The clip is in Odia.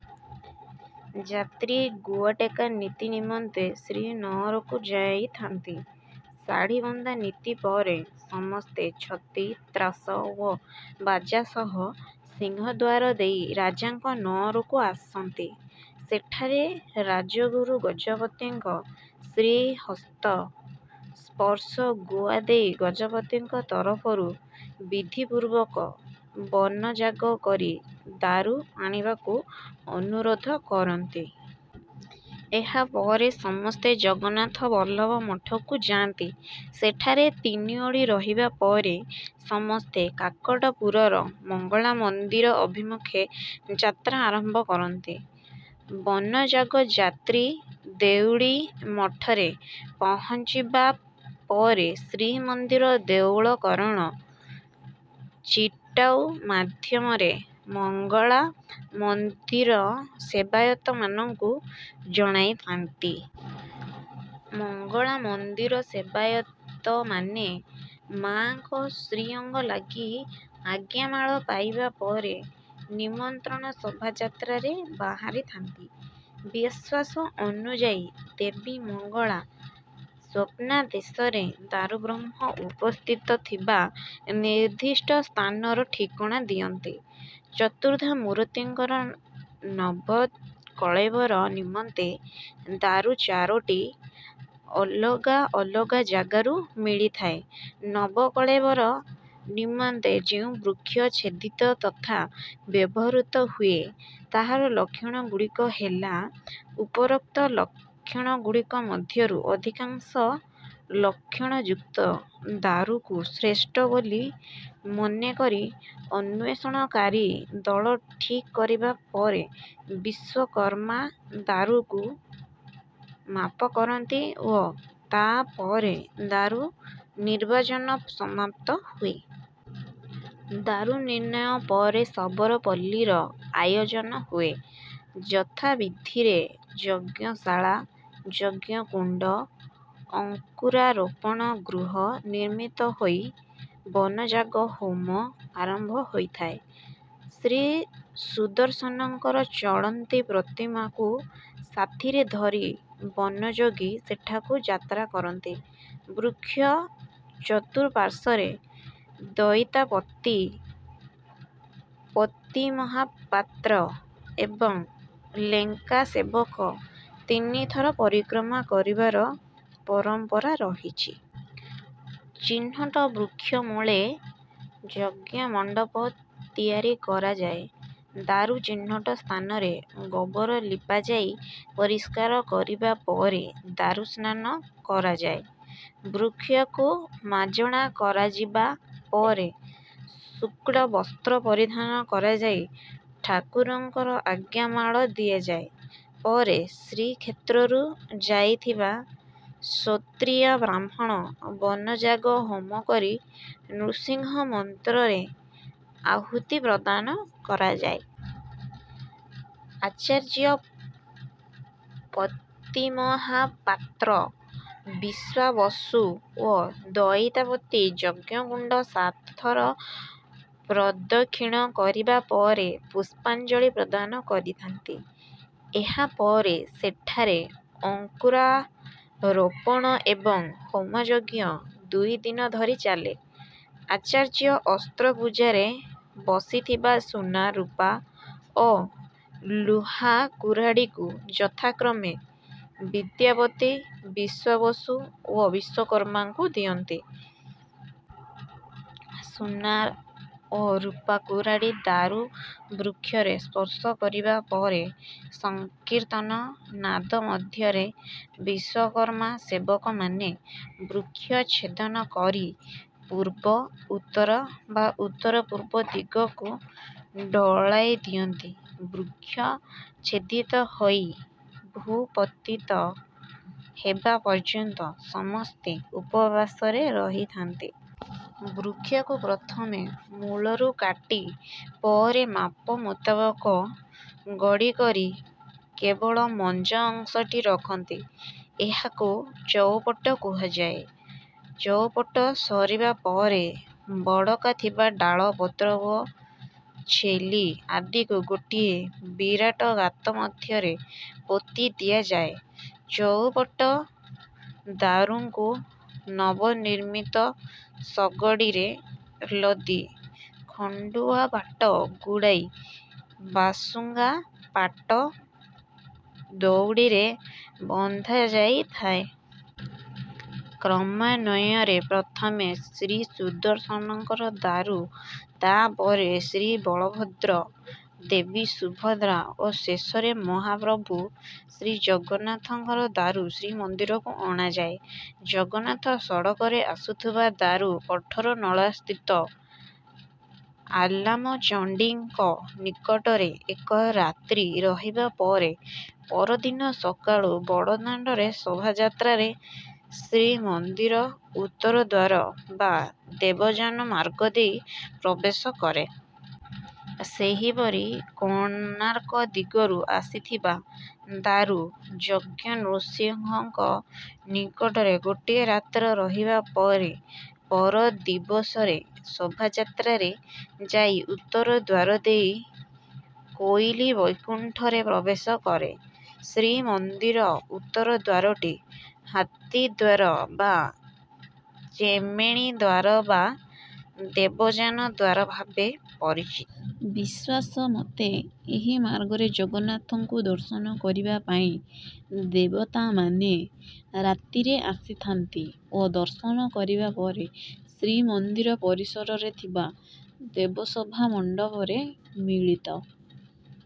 ଯାତ୍ରୀ ଗୁଆଟେକା ନୀତି ନିମନ୍ତେ ଶ୍ରୀନଅରକୁ ଯାଇଥାନ୍ତି। ଶାଢ଼ୀବନ୍ଧା ନୀତି ପରେ ସମସ୍ତେ ଛତି, ତ୍ରାସ ଓ ବାଜା ସହ ସିଂହଦ୍ୱାର ଦେଇ ରାଜାଙ୍କ ନଅରକୁ ଆସନ୍ତି। ସେଠାରେ ରାଜଗୁରୁ ଗଜପତିଙ୍କ ଶ୍ରୀହସ୍ତ ସ୍ପର୍ଶ ଗୁଆ ଦେଇ ଗଜପତିଙ୍କ ତରଫରୁ ବିଧିପୂର୍ବକ ବନଯାଗ କରି ଦାରୁ ଆଣିବାକୁ ଅନୁରୋଧ କରନ୍ତି। ଏହା ପରେ ସମସ୍ତେ ଜଗନ୍ନାଥ ବଲ୍ଲଭ ମଠକୁ ଯାଆନ୍ତି, ସେଠାରେ ତିନି ଓଳି ରହିବା ପରେ ସମସ୍ତେ କାକଟପୁରର ମଙ୍ଗଳା ମନ୍ଦିର ଅଭିମୁଖେ ଯାତ୍ରା ଆରମ୍ଭ କରନ୍ତି। ବନଯାଗ ଯାତ୍ରୀ ଦେଉଳିମଠରେ ପହଞ୍ଚିବା ପରେ ଶ୍ରୀମନ୍ଦିର ଦେଉଳକରଣ ଚିଟାଉ ମାଧ୍ୟମରେ ମଙ୍ଗଳା ମନ୍ଦିର ସେବାୟତମାନଙ୍କୁ ଜଣାଇଥାନ୍ତି। ମଙ୍ଗଳା ମନ୍ଦିର ସେବାୟତମାନେ ମା'ଙ୍କ ଶ୍ରୀଅଙ୍ଗଲାଗି ଆଜ୍ଞାମାଳ ପାଇବାପରେ ନିମନ୍ତ୍ରଣ ଶୋଭାଯାତ୍ରାରେ ବାହାରିଥାନ୍ତି। ବିଶ୍ୱାସ ଅନୁଯାଇ ଦେବୀ ମଙ୍ଗଳା ସ୍ୱପ୍ନାଦେଶରେ ଦାରୁବ୍ରହ୍ମ ଉପସ୍ଥିତ ଥିବା ନିର୍ଦ୍ଧିଷ୍ଠ ସ୍ଥାନର ଠିକଣା ଦିଅନ୍ତି। ଚତୁର୍ଦ୍ଧାମୁର୍ତ୍ତୀଙ୍କର ନବକଳେବର ନିମନ୍ତେ ଦାରୁ ଚାରୋଟି ଅଲଗା ଅଲଗା ଜାଗାରୁ ମିଳିଥାଏ। ନବକଳେବର ନିମନ୍ତେ ଯେଉଁ ବୃକ୍ଷ ଛେଦିତ ତଥା ବ୍ୟବହୃତ ହୁଏ, ତାହାର ଲକ୍ଷଣ ଗୁଡ଼ିକ ହେଲା ଉପରୋକ୍ତ ଲକ୍ଷଣଗୁଡ଼ିକ ମଧ୍ୟରୁ ଅଧିକାଂଶ ଲକ୍ଷଣଯୁକ୍ତ ଦାରୁକୁ ଶ୍ରେଷ୍ଠ ବୋଲି ମନେ କରି ଅନ୍ୱେଷଣକାରୀ ଦଳ ଠିକ କରିବା ପରେ ବିଶ୍ୱକର୍ମା ଦାରୁକୁ ମାପ କରନ୍ତି ଓ ତାପରେ ଦାରୁ ନିର୍ବାଚନ ସମାପ୍ତ ହୁଏ। ଦାରୁ ନିର୍ଣ୍ଣୟ ପରେ ଶବର ପଲ୍ଲୀର ଆୟୋଜନ ହୁଏ। ଯଥାବିଧିରେ ଯଜ୍ଞଶାଳା, ଯଜ୍ଞକୁଣ୍ଡ, ଅଙ୍କୁରାରୋପଣ ଗୃହ ନିର୍ମିତ ହୋଇ ବନଯାଗ ହୋମ ଆରମ୍ଭ ହୋଇଥାଏ। ଶ୍ରୀସୁଦର୍ଶନଙ୍କର ଚଳନ୍ତି ପ୍ରତିମାଙ୍କୁ ସାଥିରେ ଧରି ବନଯୋଗୀ ସେଠାକୁ ଯାତ୍ରା କରନ୍ତି। ବୃକ୍ଷ ଚତୁଃପାଶ୍ୱର୍ରେ ଦଇତାପତି, ପତିମହାପାତ୍ର ଏବଂ ଲେଙ୍କା ସେବକ ତିନିଥର ପରିକ୍ରମା କରିବାର ପରମ୍ପରା ରହିଛି। ଚିହ୍ନଟ ବୃକ୍ଷମୂଳେ ଯଜ୍ଞମଣ୍ଡପ ତିଆରି କରାଯାଏ। ଦାରୁ ଚିହ୍ନଟ ସ୍ଥାନରେ ଗୋବର ଲିପାଯାଇ ପରିସ୍କାର କରିବା ପରେ ଦାରୁ ସ୍ନାନ କରାଯାଏ। ବୃକ୍ଷକୁ ମାଜଣା କରାଯିବା ପରେ ଶୁକ୍ଳବସ୍ତ୍ର ପରିଧାନ କରାଯାଇ ଠାକୁରଙ୍କର ଆଜ୍ଞାମାଳ ଦିଆଯାଏ। ପରେ ଶ୍ରୀକ୍ଷେତ୍ରରୁ ଯାଇଥିବା ସ୍ରୋତ୍ରୀୟ ବ୍ରାହ୍ମଣ ବନଯାଗ ହୋମ କରି ନୃସିଂହ ମନ୍ତ୍ରରେ ଆହୂତି ପ୍ରଦାନ କରାଯାଏ। ଆଚାର୍ଯ୍ୟ, ପତିମହାପାତ୍ର, ବିଶ୍ୱାବସୁ ଓ ଦଇତାପତି ଯଜ୍ଞକୁଣ୍ଡ ସାତ ଥର ପ୍ରଦକ୍ଷିଣ କରିବା ପରେ ପୁଷ୍ପାଞ୍ଜଳି ପ୍ରଦାନ କରିଥାନ୍ତି। ଏହାପରେ ସେଠାରେ ଅଙ୍କୁରାରୋପଣ ଏବଂ ହୋମଯଜ୍ଞ ଦୁଇଦିନ ଧରି ଚାଲେ। ଆଚାର୍ଯ୍ୟ ଅସ୍ତ୍ରପୂଜାରେ ବସିଥିବା ସୁନା, ରୁପା ଓ ଲୁହା କୁରାଢ଼ୀକୁ ଯଥାକ୍ରମେ ବିଦ୍ୟାପତି, ବିଶ୍ୱାବସୁ ଓ ବିଶ୍ୱକର୍ମାଙ୍କୁ ଦିଅନ୍ତି। ସୁନା ଓ ରୁପା କୁରାଢ଼ୀ ଦାରୁ ବୃକ୍ଷରେ ସ୍ପର୍ଶ କରିବା ପରେ ସଂକୀର୍ତ୍ତନ ନାଦ ମଧ୍ୟରେ ବିଶ୍ୱକର୍ମା ସେବକମାନେ ବୃକ୍ଷ ଚ୍ଛେଦନ କରି ପୂର୍ବ, ଉତ୍ତର ବା ଉତ୍ତର-ପୂର୍ବ ଦିଗକୁ ଢଳାଇ ଦିଅନ୍ତ। ବୃକ୍ଷ ଛେଦିତ ହୋଇ ଭୂପତିତ ହେବା ପର୍ଯନ୍ତ ସମସ୍ତେ ଉପବାସରେ ରହିଥାନ୍ତି। ବୃକ୍ଷକୁ ପ୍ରଥମେ ମୂଳରୁ କାଟି ପରେ ମାପ ମୁତାବକ ଗଡ଼ି କରି କେବଳ ମଞ୍ଜ ଅଂଶଟି ରଖନ୍ତି। ଏହାକୁ ଚଉପଟ କୁହାଯାଏ। ଚଉପଟ ସରିବା ପରେ ବଳକା ଥିବା ଡାଳ, ପତ୍ର ଓ ଛେଲି ଆଦିକୁ ଗୋଟିଏ ବିରାଟ ଗାତ ମଧ୍ୟରେ ପୋତି ଦିଆଯାଏ। ଚଉପଟ ଦାରୁଙ୍କୁ ନବନିର୍ମିତ ଶଗଡ଼ିରେ ଲଦି ଖଣ୍ଡୁଆ ପାଟ ଗୁଡ଼ାଇ ବାସୁଙ୍ଗା ପାଟ ଦଉଡ଼ିରେ ବନ୍ଧାଯାଇଥାଏ। କ୍ରମାନ୍ୱୟରେ ପ୍ରଥମେ ଶ୍ରୀସୁଦର୍ଶନଙ୍କର ଦାରୁ ତାପରେ ଶ୍ରୀବଳଭଦ୍ର, ଦେବୀ ସୁଭଦ୍ରା ଓ ଶେଷରେ ମହାପ୍ରଭୁ ଶ୍ରୀଜଗନ୍ନାଥଙ୍କର ଦାରୁ ଶ୍ରୀମନ୍ଦିରକୁ ଅଣାଯାଏ। ଜଗନ୍ନାଥ ସଡ଼କରେ ଆସୁ ଥିବା ଦାରୁ ଅଠରନଳାସ୍ଥିତ ଆଲାମଚଣ୍ଡିଙ୍କ ନିକଟରେ ଏକ ରାତ୍ରି ରହିବା ପରେ ପରିଦିନ ସକାଳୁ ବଡ଼ଦାଣ୍ଡରେ ଶୋଭାଯାତ୍ରାରେ ଶ୍ରୀମନ୍ଦିର ଉତ୍ତର ଦ୍ୱାର ବା ଦେବଯାନ ମାର୍ଗ ଦେଇ ପ୍ରବେଶ କରେ। ସେହିପରି କୋଣାର୍କ ଦିଗରୁ ଆସିଥିବା ଦାରୁ ଯଜ୍ଞନୃସିଂହଙ୍କ ନିକଟରେ ଗୋଟିଏ ରାତ୍ର ରହିବା ପରେ ପର ଦିବସରେ ଶୋଭାଯାତ୍ରାରେ ଯାଇ ଉତ୍ତର ଦ୍ୱାର ଦେଇ କୋଇଲି ବୈକୁଣ୍ଠରେ ପ୍ରବେଶ କରେ। ଶ୍ରୀମନ୍ଦିର ଉତ୍ତରଦ୍ୱାରଟି ହାତୀଦ୍ୱାର ବା ଚେମେଣୀ ଦ୍ୱାର ବା ଦେବଯାନ ଦ୍ୱାର ଭାବେ ପରିଚିତ। ବିଶ୍ୱାସମତେ ଏହି ମାର୍ଗରେ ଜଗନ୍ନାଥଙ୍କୁ ଦର୍ଶନ କରିବା ପାଇଁ ଦେବତାମାନେ ରାତିରେ ଆସିଥାନ୍ତି ଓ ଦର୍ଶନ କରିବା ପରେ ଶ୍ରୀମନ୍ଦିର ପରିସରରେ ଥିବା ଦେବସଭା ମଣ୍ଡପରେ ମିଳିତ